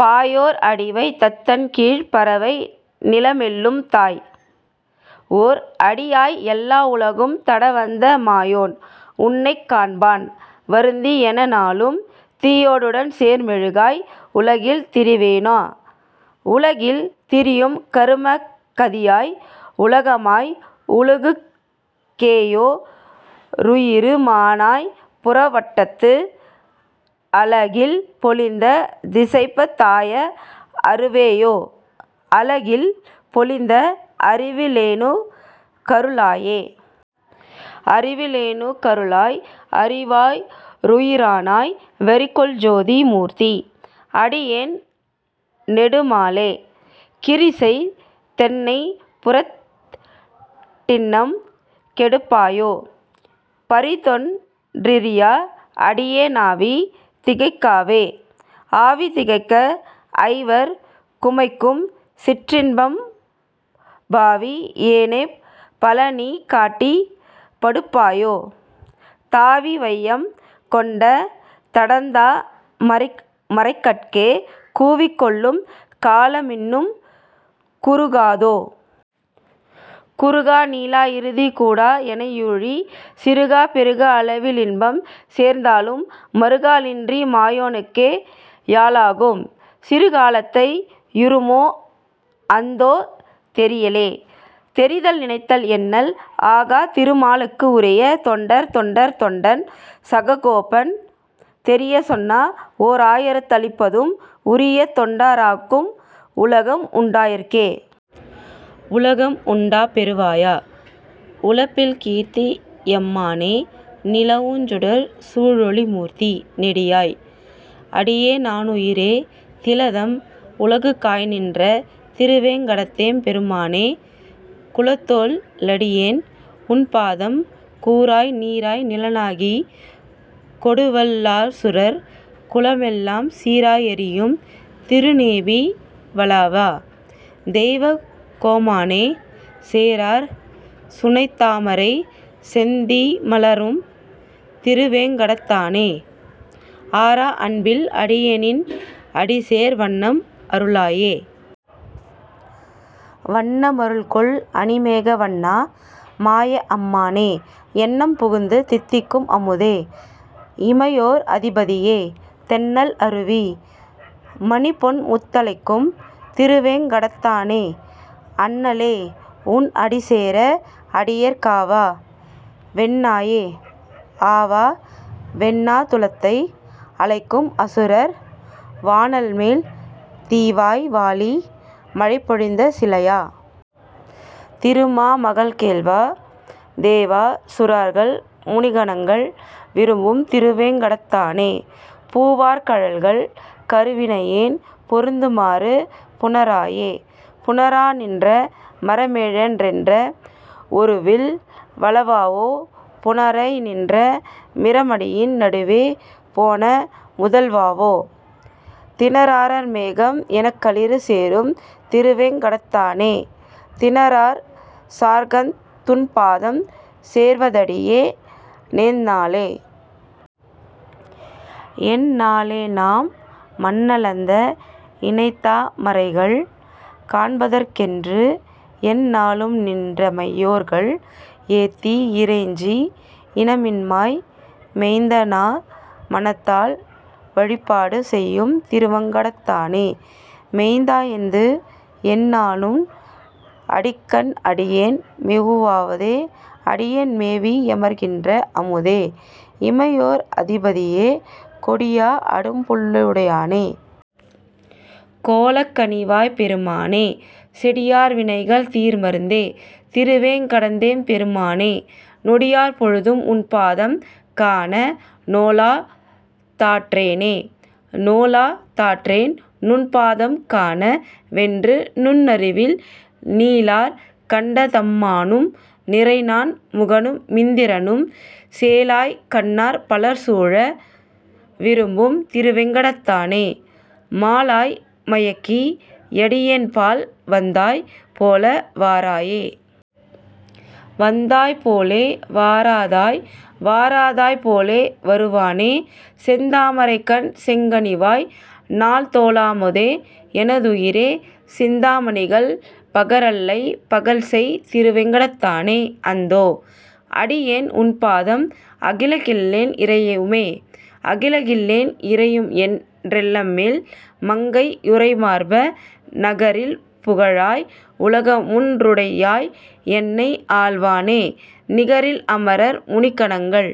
பாயோர் அடிவைத் ததன்கீழ்ப் பரவை நிலமெல்லாம் தாய், ஓர் அடியாய் எல்லா வுலகும் தடவந்த மாயோன், உன்னைக் காண்பான் வருந்தி யெனைநாளும், தீயோடுடன்சேர் மெழுகாய் உலகில் திரிவேனோ?. உலகில் திரியும் கரும கதியாய் உலகமாய், உலகுக் கேயோ ருயிரு மானாய் புறவண்டத்து, அலகில் பொலிந்த திசைபத் தாய அருவேயோ, அலகில் பொலிந்த அறிவி லேனுக் கருளாயே.. அறிவி லேனுக் கருளாய் அறிவா ருயிரானாய், வெறிகொள் சோதி மூர்த்தி. அடியேன் நெடுமாலே, கிறிசெய் தென்னைப் புறதிட் டின்னம் கெடுப்பாயோ, பிறிதொன் றறியா அடியே னாவி திகைக்கவே?. ஆவி திகைக்க ஐவர் குமைக்கும் சிற்றின்பம், பாவி யேனைப் பலநீ காட்டிப் படுப்பாயோ, தாவி வையம் கொண்ட தடந்தா மரைகட்கே, கூவிக் கொள்ளும் கால மின்னம் குறுகாதோ?. குறுகா நீளா இறுதி கூடா எனையூழி, சிறுகா பெருகா அளவி லின்பம் சேர்ந்தாலும், மறுகா லின்றி மாயோ னுனக்கே யாளாகும், சிறுகா லத்தை யுறுமோ அந்தோ தெரியிலே? தெரிதல் நினைதல் எண்ணல் ஆகாத் திருமாலுக்கு, உரிய தொண்டர் தொண்டர் தொண்டன் சடகோபன், தெரியச் சொன்ன ஓரா யிரத்து ளிப்பத்தும் உரிய தொண்ட ராக்கும் உலகம் உண்டாற்கே. உலகம் உண்ட பெருவாயா. உலப்பில் கீர்த்தி யம்மானே, நிலவும் சுடர்சூ ழொளிமூர்த்தி. நெடியாய். அடியே னாருயிரே, திலதம் உலகுக் காய்நின்ற திருவேங் கடத்தெம் பெருமானே, குலதொல் லடியேன் உன்பாதம் கூறாய் நீறாய் நிலனாகிக் கொடுவல் லசுரர் குலமெல்லாம் சீறா எறியும் திருநேமி வலவா. தெய்வக் கோமானே, சேறார் சுனைத்தா மரைசெந்தீ மலரும் திருவேங் கடத்தானே, ஆறா அன்பில் அடியேனுன் அடிசேர் வண்ணம் அருளாயே.. வண்ண மருள்கொள் அணிமேக வண்ணா. மாய அம்மானே, எண்ணம் புகுந்து தித்திக்கும் அமுதே. இமையோர் அதிபதியே, தெண்ணல் அருவி மணிபொன்முத் தலைக்கும் திருவேங் கடத்தானே, அண்ண லே. உன் அடிசேர அடியேற் காவா வென்னாயே.. ஆவா வென்னா துலகத்தை அலைக்கும் அசுரர் வாணாள்மேல், தீவாய் வாளி மழைபொழிந்த சிலையா. திருமா மகள்கேள்வா, தேவா சுரர்கள் முனிக்கணங்கள் விரும்பும் திருவேங் கடத்தானே, பூவார் கழல்கள் அருவினையேன் பொருந்து மாறு புணராயே.. புணரா நின்ற மரமேழன் றெய்த வொருவில் வலவாவோ, புணரேய் நின்ற மரமிரண்டின் நடுவே போன முதல்வாவோ, திணரார் மேகம் எனக்களிறு சேரும் திருவேங் கடத்தானே, திணரார் சார்ங்கத் துன்பாதம் சேர்வ தடியே னெந்நாளே?. எந்நா ளேநாம் மண்ணளந்த இணைத்தா மரைகள் காண்பதற்கெ ன்று, எந்நா ளும்நின் றிமையோர்கள் ஏத்தி யிறைஞ்சி யினமினமாய், மெய்ந்நா மனத்தால் வழிபாடு செய்யும் திருவேங் கடத்தானே, மெய்ந்நா னெய்தி யெந்நாளுன் அடிக்கண் அடியேன் மேவுவதே?. அடியேன் மேவி யமர்கின்ற அமுதே. இமையோர் அதிபதியே, கொடியா அடுபுள் ளுடையானே. கோலக் கனிவாய்ப் பெருமானே, செடியார் வினைகள் தீர்மருந்தே. திருவேங் கடத்தெம் பெருமானே, நொடியார் பொழுதும் உன்பாதம் காண நோலா தாற்றேனே.. நோலா தாற்றேன் நுன்பாதம் காண வென்று நுண்ணுணர்வில், நீலார் கண்டத் தம்மானும் நிறைநான் முகனு மிந்திரனும், சேலேய் கண்ணார் பலர்சூழ விரும்பும் திருவேங் கடத்தானே, மாலாய் மயக்கி யடியேன்பால் வந்தாய் போல வாராயே.. வந்தாய் போலே வாராதாய். வாரா தாய்போல் வருவானே, செந்தா மரைக்கண் செங்கனிவாய் நால்தோ ளமுதே. எனதுயிரே, சிந்தா மணிகள் பகரல்லைப் பகல்செய் திருவேங் கடத்தானே, அந்தோ. அடியேன் உன்பாதம் அகல கில்லேன் இறையுமே.. அகல கில்லேன் இறையும் என் றலர்மேல் மங்கை யுறைமார்பா, நிகரில் புகழாய். உலகமூன் றுடையாய். என்னை ஆள்வானே, நிகரில் அமரர் முனிக்கணங்கள்